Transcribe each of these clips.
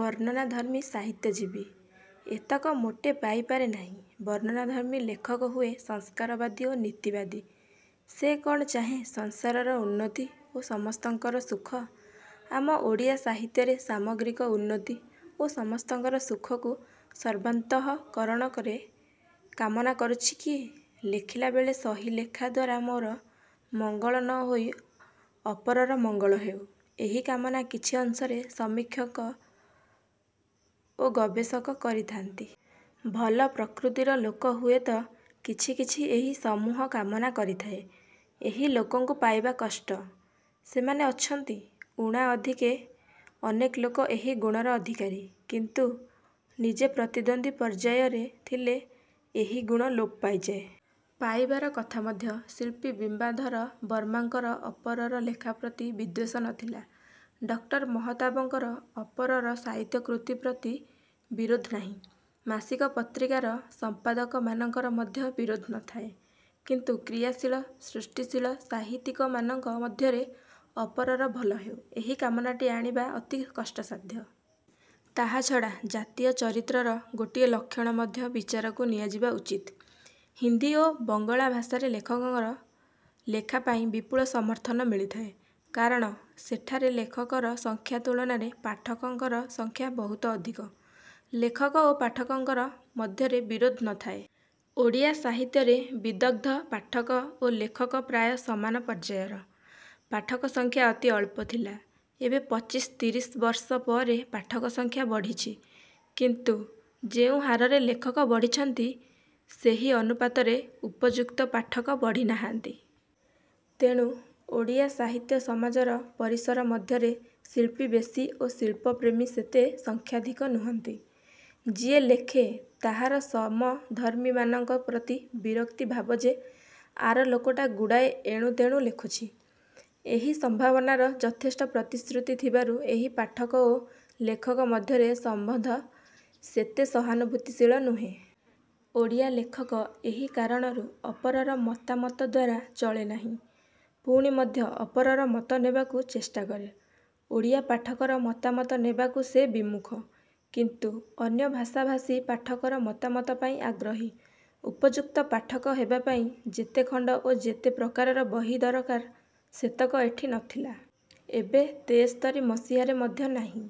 ବର୍ଣ୍ଣନାଧର୍ମ୍ମୀ ସାହିତ୍ୟ-ଜୀବୀ ଏତକ ମୋଟେ ପାଇପାରେ ନାହିଁ। ବର୍ଣ୍ଣନାଧର୍ମ୍ମୀ ଲେଖକ ହୁଏ ସଂସ୍କାରବାଦୀ ଓ ନୀତିବାଦୀ। ସେ କ'ଣ ଚାହେଁ ସଂସାରର ଉନ୍ନତି ଓ ସମସ୍ତଙ୍କର ସୁଖ? ଆମ ଓଡ଼ିଆ ସାହିତ୍ୟରେ ସାମଗ୍ରିକ ଉନ୍ନତି ଓ ସମସ୍ତଙ୍କର ସୁଖକୁ ସର୍ବାନ୍ତଃକରଣରେ କାମନା କରୁଛି କିଏ? ଲେଖିଲାବେଳେ ସହି ଲେଖା ଦ୍ୱାରା ମୋର ମଙ୍ଗଳ ନ ହୋଇ ଅପରର ମଙ୍ଗଳ ହେଉ-ଏହି କାମନା କିଛି ଅଂଶରେ ସମୀକ୍ଷକ ଓ ଗବେଶକ କରିଥାନ୍ତି। ଭଲ ପ୍ରକୃତିର ଲୋକ ହୁଏ ତ କିଛି କିଛି ଏହି ସମୁହ କାମନା କରିଥାଏ। ଏହି ଲୋକଙ୍କୁ ପାଇବା କଷ୍ଟ। ସେମାନେ ଅଛନ୍ତି। ଊଣା ଅଧିକେ ଅନେକ ଲୋକ ଏହି ଗୁଣର ଅଧିକାରୀ। କିନ୍ତୁ ନିଜେ ପ୍ରତିଦ୍ୱନ୍ଦୀ ପର୍ଯ୍ୟାୟରେ ଥିଲେ ଏହି ଗୁଣ ଲୋପ ପାଇଯାଏ। -ପାଇବାର କଥା ମଧ୍ୟ। ଶିଳ୍ପୀ ବିମ୍ବାଧର ବର୍ମାଙ୍କର ଅପରର ଲେଖା ପ୍ରତି ବିଦ୍ୱେଷ ନ ଥିଲା। ଡକ୍ଟର ମହତାବଙ୍କର ଅପରର ସାହିତ୍ୟ କୃତି ପ୍ରତି ବିରୋଧ ନାହିଁ। ମାସିକ ପତ୍ରିକାର ସମ୍ପାଦକମାନଙ୍କର ମଧ୍ୟ ବିରୋଧ ନ ଥାଏ। କିନ୍ତୁ କ୍ରିୟାଶୀଳ, ସୃଷ୍ଟିଶୀଳ ସାହିତ୍ୟିକମାନଙ୍କ ମଧ୍ୟରେ ଅପରର ଭଲ ହେଉ-ଏହି କାମନାଟି ଆଣିବା ଅତି କଷ୍ଟସାଧ୍ୟ। ତାହାଛଡ଼ା ଜାତୀୟ ଚରିତ୍ରର ଗୋଟିଏ ଲକ୍ଷଣ ମଧ୍ୟ ବିଚାରକୁ ନିଆଯିବା ଉଚିତ୍। ହିନ୍ଦି ଓ ବଙ୍ଗଳା ଭାଷାରେ ଲେଖକଙ୍କର ଲେଖା ପାଇଁ ବିପୁଳ ସମର୍ଥନ ମିଳିଥାଏ। କାରଣ ସେଠାରେ ଲେଖକର ସଂଖ୍ୟା ତୁଳନାରେ ପାଠକଙ୍କର ସଂଖ୍ୟା ବହୁତ ଅଧିକ। ଲେଖକ ଓ ପାଠକଙ୍କର ମଧ୍ୟରେ ବିରୋଧ ନ ଥାଏ। ଓଡ଼ିଆ ସାହିତ୍ୟରେ ବିଦଗ୍ଧ ପାଠକ ଓ ଲେଖକ ପ୍ରାୟ ସମାନ ପର୍ଯ୍ୟାୟର। ପାଠକ ସଂଖ୍ୟା ଅତି ଅଳ୍ପ ଥିଲା। ଏବେ ପଚିଶି ତିରିଶି ବର୍ଷ ପରେ ପାଠକ ସଂଖ୍ୟା। ବଢ଼ିଛି। କିନ୍ତୁ ଯେଉଁ ହାରରେ ଲେଖକ ବଢ଼ିଛନ୍ତି ସେହି ଅନୁପାତରେ ଉପଯୁକ୍ତ ପାଠକ ବଢ଼ି ନାହାନ୍ତି। ତେଣୁ ଓଡ଼ିଆ ସାହିତ୍ୟ ସମାଜର ପରିସର ମଧ୍ୟରେ ଶିଳ୍ପୀ ବେଶି ଓ ଶିଳ୍ପପ୍ରେମୀ ସେତେ ସଂଖ୍ୟାଧିକ ନୁହନ୍ତି। ଯିଏ, ଲେଖେ, ତାହାର ସମଧର୍ମୀମାନଙ୍କ ପ୍ରତି ବିରକ୍ତି ଭାବ ଯେ, ଆର ଲୋକଟା ଗୁଡ଼ାଏ ଏଣୁତେଣୁ ଲେଖୁଛି। ଏହି ସମ୍ଭାବନାର ଯଥେଷ୍ଟ ପ୍ରତିଶୃତି ଥିବାରୁ ଏଠି ପାଠକ ଓ ଲେଖକ ମଧ୍ୟରେ ସମ୍ବନ୍ଧ ସେତେ ସହାନୁଭୂତିଶୀଳ ନୁହେଁ। ଓଡ଼ିଆ ଲେଖକ ଏହି କାରଣରୁ ଅପରର ମତାମତ ଦ୍ୱାରା ଚଳେ ନାହିଁ। ପୁଣି ମଧ୍ୟ ଅପରର ମତ ନେବାକୁ ଚେଷ୍ଟା କରେ। ଓଡ଼ିଆ ପାଠକର ମତାମତ ନେବାକୁ ସେ ବିମୁଖ। କିନ୍ତୁ ଅନ୍ୟ ଭାଷାଭାଷୀ ପାଠକର ମତାମତ ପାଇଁ ଆଗ୍ରହୀ। ଉପଯୁକ୍ତ ପାଠକ ହେବା ପାଇଁ ଯେତେଖଣ୍ତ ଓ ଯେତେ ପ୍ରକାରର ବହି ଦରକାର ସେତକ ଏଠି ନଥିଲା। ଏବେ ତେସ୍ତରୀ ମସିହାରେ ମଧ୍ୟ ନାହିଁ।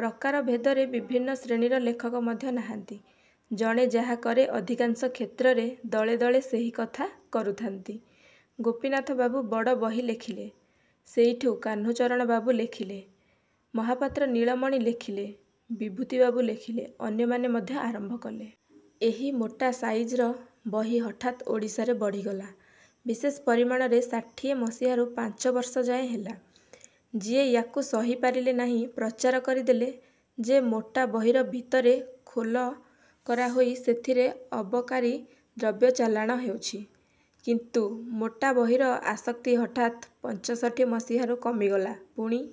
ପ୍ରକାରଭେଦରେ ବିଭିନ୍ନ ଶ୍ରେଣୀର ଲେଖକ ମଧ୍ୟ ନାହାନ୍ତି। ଜଣେ ଯାହା କରେ ଅଧିକାଂଶ କ୍ଷେତ୍ରରେ ଦଳେଦଳେ ସେହି କଥା କରୁଥାନ୍ତି। ଗୋପୀନାଥବାବୁ ବଡ଼ ବହି ଲେଖିଲେ। ସେଇଠୁ କାହ୍ନୁଚରଣବାବୁ ଲେଖିଲେ। ମହାପାତ୍ର ନୀଳମଣି ଲେଖିଲେ। ବିଭୁତିବାବୁ ଲେଖିଲେ। ଅନ୍ୟମାନେ ମଧ୍ୟ ଆରମ୍ଭ କଲେ। ଏହି ମୋଟା ସାଇଜର ବହି ହଠାତ୍ ଓଡ଼ିଶାରେ ବଢ଼ିଗଲା। ବିଶେଷ ପରିମାଣରେ ଷାଠିଏ ମସିହାରୁ ପାଞ୍ଚବର୍ଷ ଯାଏ ହେଲା। ଯିଏ ୟାକୁ ସହି ପାରିଲେ ନାହିଁ ପ୍ରଚାର କରିଦେଲେ ଯେ ମୋଟା ବହିର ଭିତରେ ଖୋଲ କରା ହୋଇ ସେଥିରେ ଅବକାରୀ ଦ୍ରବ୍ୟ ଚାଲାଣ ହେଉଛି। କିନ୍ତୁ ମୋଟା ବହିର ଆସକ୍ତି ହଠାତ୍ ପଞ୍ଚଷଠି ମସିହାରୁ କମିଗଲା। ପୁଣି